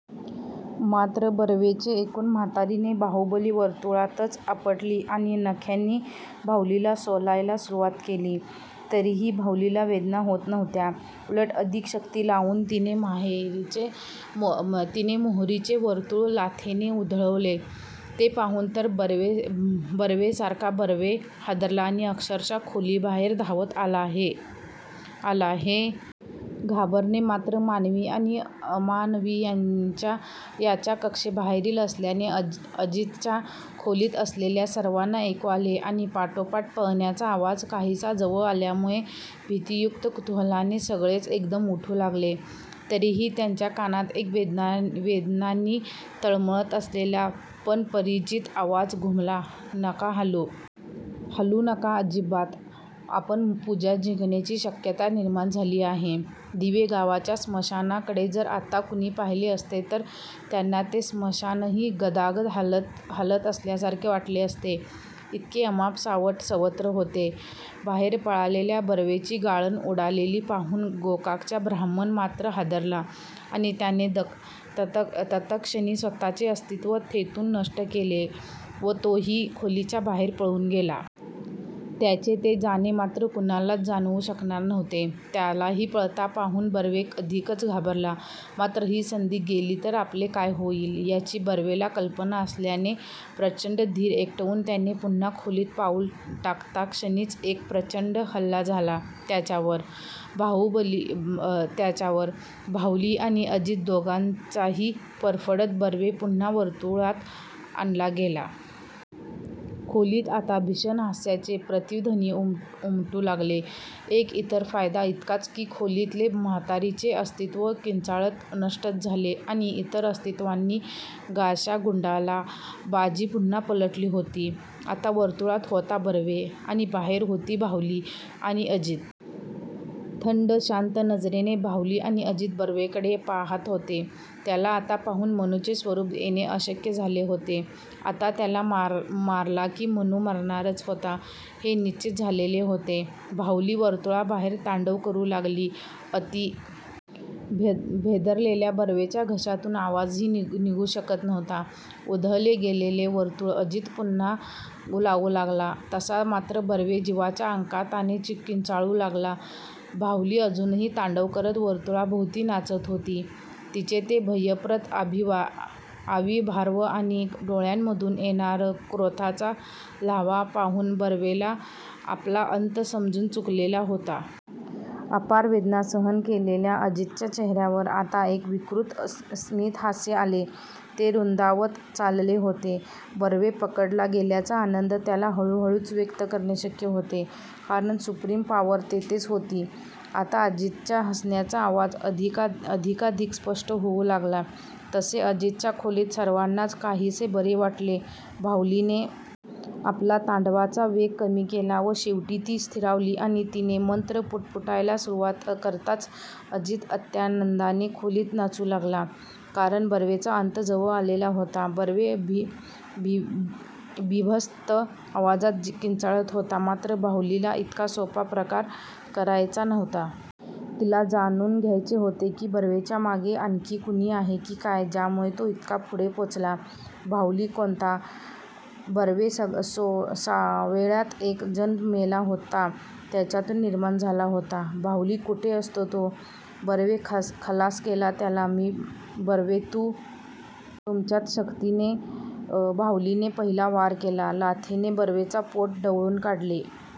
मात्र बर्वेचे ऐकून म्हातारीने बाहुली वर्तुळातच आपटली आणि नख्यांनी बाहुलीला सोलायला सुरुवात केली. तरीही बाहुलीला वेदना होत नव्हत्या, उलट अधिक शक्ती लावून तिने मोहरीचे वर्तुळ लाथेने उधळवले. ते पाहून तर बर्वेसारखा बर्वे हादरला आणि अक्षरशः खोलीबाहेर धावत आला.हे घाबरणे मात्र मानवि आणि अमानवी याच्या कक्षेबाहेरील असल्याने अजितच्या खोलीत असलेल्या सर्वांना ऐकू आले आणि पाठोपाठ पळण्याचा आवाज काहीसा जवळ आल्यामुळे भीतीयुक्त कुतुहलाने सगळेच एकदम उठू लागले. तरीही त्यांच्या कानात एक वेदनांनी तळमळत असलेला पण परिचित आवाज घुमला "नका हालू.. हालू नका अजिबात. आपण पूजा जिंकण्याची शक्यता निर्माण झाली आहे. " दिवे गावाच्या स्मशानाकडे जर आत्ता कुणी पाहिले असते तर त्यांना ते स्मशानही गदागदा हालत असल्यासारखे वाटले असते. इतके अमाप सावट सर्वत्र होते. बाहेर पळालेल्या बर्वेची गाळण उडालेली पाहून गोकाकचा ब्राह्मण मात्र हादरला आणि त्याने तत्क्षणी स्वतःचे अस्तित्व तेथून नष्ट केले व तोही खोलीच्या बाहेर पळून गेला. त्याचे ते जाणे मात्र कुणालच जाणवू शकणार नव्हते. त्यालाही पळता पाहून बर्वे अधिकच घाबरला. मात्र ही संधी गेली तर आपले काय होईल याची बर्वेला कल्पना असल्याने प्रचंड धीर एकवटून त्याने पुन्हा खोलीत पाऊल टाकताक्षणीच एक प्रचंड हल्ला झाला त्याच्यावर, बाहुली आणि अजित दोघांचाही, फरफटत बर्वे पुन्हा वर्तुळात आणला गेला.. खोलीत आता भीषण हास्याचे प्रतिध्वनी उमटू लागले. एक इतर फायदा इतकाच की खोलीतले म्हातारीचे अस्तित्व किंचाळत नष्टच झाले आणि इतर अस्तित्वांनी गाशा गुंडाळला. बाजी पुन्हा पलटली होती.आता वर्तुळात होता बर्वे. आणि बाहेर होती बाहुली आणि अजित! थंड! शांत नजरेने बाहुली आणि अजित बर्वेकडे पाहात होते. त्याला आता पुन्हा मनूचे स्वरूप येणे अशक्य झालेले होते. आता त्याला मारला की मनू मरणारच होता. हे निश्चीत झालेले होते.. बाहुली वर्तुळाबाहेर तांडव करू लागली. अती भेदरलेल्या बर्वेच्या घशातून आवाजही निघू शकत नव्हता. उधळले गेलेले वर्तुळ अजित पुन्हा लावू लागला तसा मात्र बर्वे जिवाच्या आकांताने किंचाळू लागला. बाहुली अजूनही तांडव करत वर्तुळाभोवती नाचत होती.तिचे ते भयप्रद आविर्भाव आणि डोळ्यांमधून येणार क्रोधाचा लाव्हा पाहून बर्वेला आपला अंत समजून चुकलेला होता.. अपार वेदना सहन केलेल्या अजितच्या चेहर्यावर आता एक विकृत स्मितहास्य आले, ते रुंदावत चालले होते.बर्वे पक्डला गेल्याचा आनंद त्याला हळूहळूच व्यक्त करणे शक्य होते.. कारण सुप्रीम पॉवर तेथेच होती. आता अजितच्या हसण्याचा आवाज अधिकाधिक स्पष्ट होऊ लागला तसे अजितच्या खोलीत सर्वांनाच काहीसे बरे वाटले. बाहुलीने आपला तांडवाचा वेग कमी केला व शेवटी ती स्थिरावली आणि तिने मंत्र पुटपुटायला सुरुवात करताच अजित अत्यानंदाने खोलीत नाचू लागला.. कारण बर्वेचा अंत जवळ आलेला होता. बर्वे बीभत्स आवाजात किंचाळत होता.. मात्र बाहुलीला इतका सोपा प्रकार करायचा नव्हता. तिला जाणून घ्यायचे होते की बर्वेचा मागे आणखीही कुणी आहे की काय ज्यामुळे तो इतका पुढे पोचला. बाहुली कोणता? बर्वे सावेळ्यात एक जण मेला होता. त्याच्यातून निर्माण झाला होता. बाहुली कुठे असतो तो? बर्वे खलास केला त्याला मी, बर्वे तु. तुमच्याच शक्तीने. बाहुलीने पहिला वार केला. लाथेने बर्वेचे पोट ढवळून काढले.